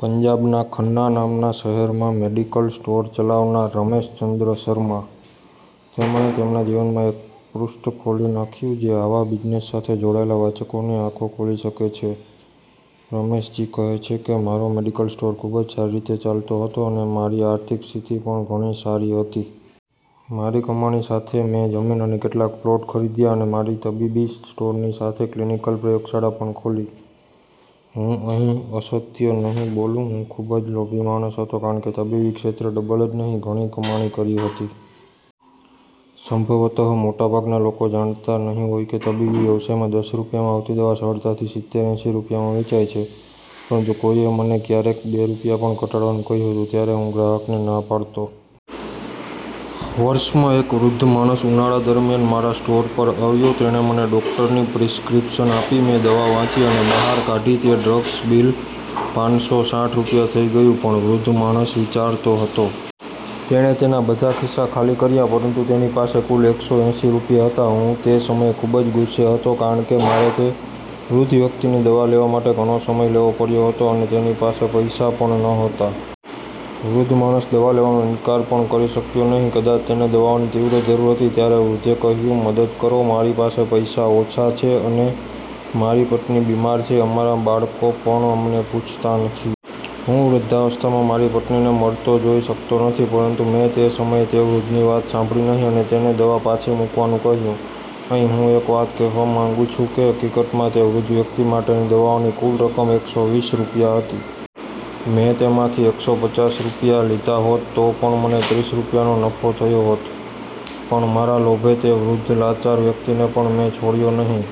પંજાબના 'ખન્ના' નામના શહેરમાં મેડિકલ સ્ટોર ચલાવનાર રમેશચંદ્ર શર્મા; તેમણે તેમના જીવનમાં એક પૃષ્ઠ ખોલી નાખ્યું, જે આવા બિઝનેસ સાથે જોડાયેલા વાચકોની આંખો ખોલી શકે છે. રમેશજી કહે છે કે મારો મેડિકલ સ્ટોર ખૂબ જ સારી રીતે ચાલતો હતો અને મારી આર્થિક સ્થિતિ પણ ઘણી સારી હતી. મારી કમાણી સાથે મેં જમીન અને કેટલાક પ્લોટ ખરીદ્યા અને મારા તબીબી સ્ટોરની સાથે ક્લિનિકલ પ્રયોગશાળા પણ ખોલી. હું અહીં અસત્ય નહીં બોલું. હું ખૂબ જ લોભી માણસ હતો, કારણ કે તબીબી ક્ષેત્રે ડબલ જ નહીં, ઘણી કમાણી કરી હતી. સંભવત: મોટાભાગના લોકો જાણતા નહીં હોય કે તબીબી વ્યવસાયમાં દસ રૂપિયામાં આવતી દવા સરળતાથી સિત્તેર -એંસી રૂપિયામાં વેચાય છે. પરંતુ કોઈએ મને ક્યારેક બે રૂપિયા પણ ઘટાડવાનું કહ્યું હતું, ત્યારે હું ગ્રાહકને ના પાડતો. વર્ષ માં એક વૃદ્ધ માણસ ઉનાળા દરમિયાન મારા સ્ટોર પર આવ્યો. તેણે મને ડૉક્ટરની પ્રિસ્ક્રિપ્શન આપી. મેં દવા વાંચી અને બહાર કાઢી તે ડ્રગ બિલ પાનસો સાઠ રૂપિયા થઈ ગયું. પણ વૃદ્ધ માણસ વિચારતો હતો. તેણે તેના બધાં ખિસ્સાં ખાલી કર્યાં, પરંતુ તેની પાસે કુલ એકસો એંસી રૂપિયા હતા. હું તે સમયે ખૂબ જ ગુસ્સે હતો, કારણ કે મારે તે વૃદ્ધ વ્યક્તિની દવા લેવા માટે ઘણો સમય લેવો પડ્યો હતો અને તેની પાસે પૈસા પણ નહોતા. વૃદ્ધ માણસ દવા લેવાનો ઇનકાર પણ કરી શક્યો નહીં. કદાચ તેને દવાઓની તીવ્ર જરૂર હતી. ત્યારે વૃદ્ધે કહ્યું, "મદદ કરો. મારી પાસે પૈસા ઓછા છે અને મારી પત્ની બીમાર છે. અમારાં બાળકો પણ અમને પૂછતાં નથી. હું વૃદ્ધાવસ્થામાં મારી પત્નીને મરતો જોઈ શકતો નથી. " પરંતુ મેં તે સમયે તે વૃદ્ધની વાત સાંભળી નહીં અને તેને દવા પાછી મૂકવાનું કહ્યું. અહીં હું એક વાત કહેવા માંગુ છું કે હકીકતમાં તે વૃદ્ધ વ્યક્તિ માટેની દવાઓની કુલ રકમ એકસો વીસ રૂપિયા હતી. મેં તેમાંથી એકસો પચાસ રૂપિયા લીધા હોત તો પણ મને ત્રીસ રૂપિયાનો નફો થયો હોત. પણ મારા લોભે તે વૃદ્ધ લાચાર વ્યક્તિને પણ મેં છોડ્યો નહીં.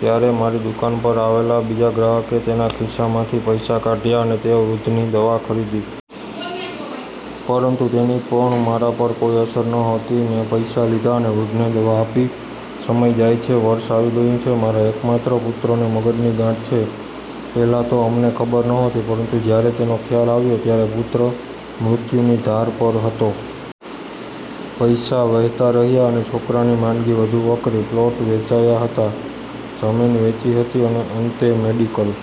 ત્યારે મારી દુકાન પર આવેલા બીજા ગ્રાહકે તેના ખિસ્સામાંથી પૈસા કાઢયા અને તે વૃદ્ધની દવા ખરીદી. પરંતુ તેની પણ મારા પર કોઈ અસર નહોતી. મેં પૈસા લીધા અને વૃદ્ધને દવા આપી. સમય જાય છે. વર્ષ આવી ગયું છે. મારા એકમાત્ર પુત્રને મગજની ગાંઠ છે. પહેલાં તો અમને ખબર નહોતી, પરંતુ જ્યારે તેનો ખ્યાલ આવ્યો ત્યારે પુત્ર મૃત્યુની ધાર પર હતો. પૈસા વહેતા રહ્યા અને છોકરાની માંદગી વધુ વકરી. પ્લોટ વેચાયા હતા, જમીન વેચી હતી અને અંતે મેડિકલ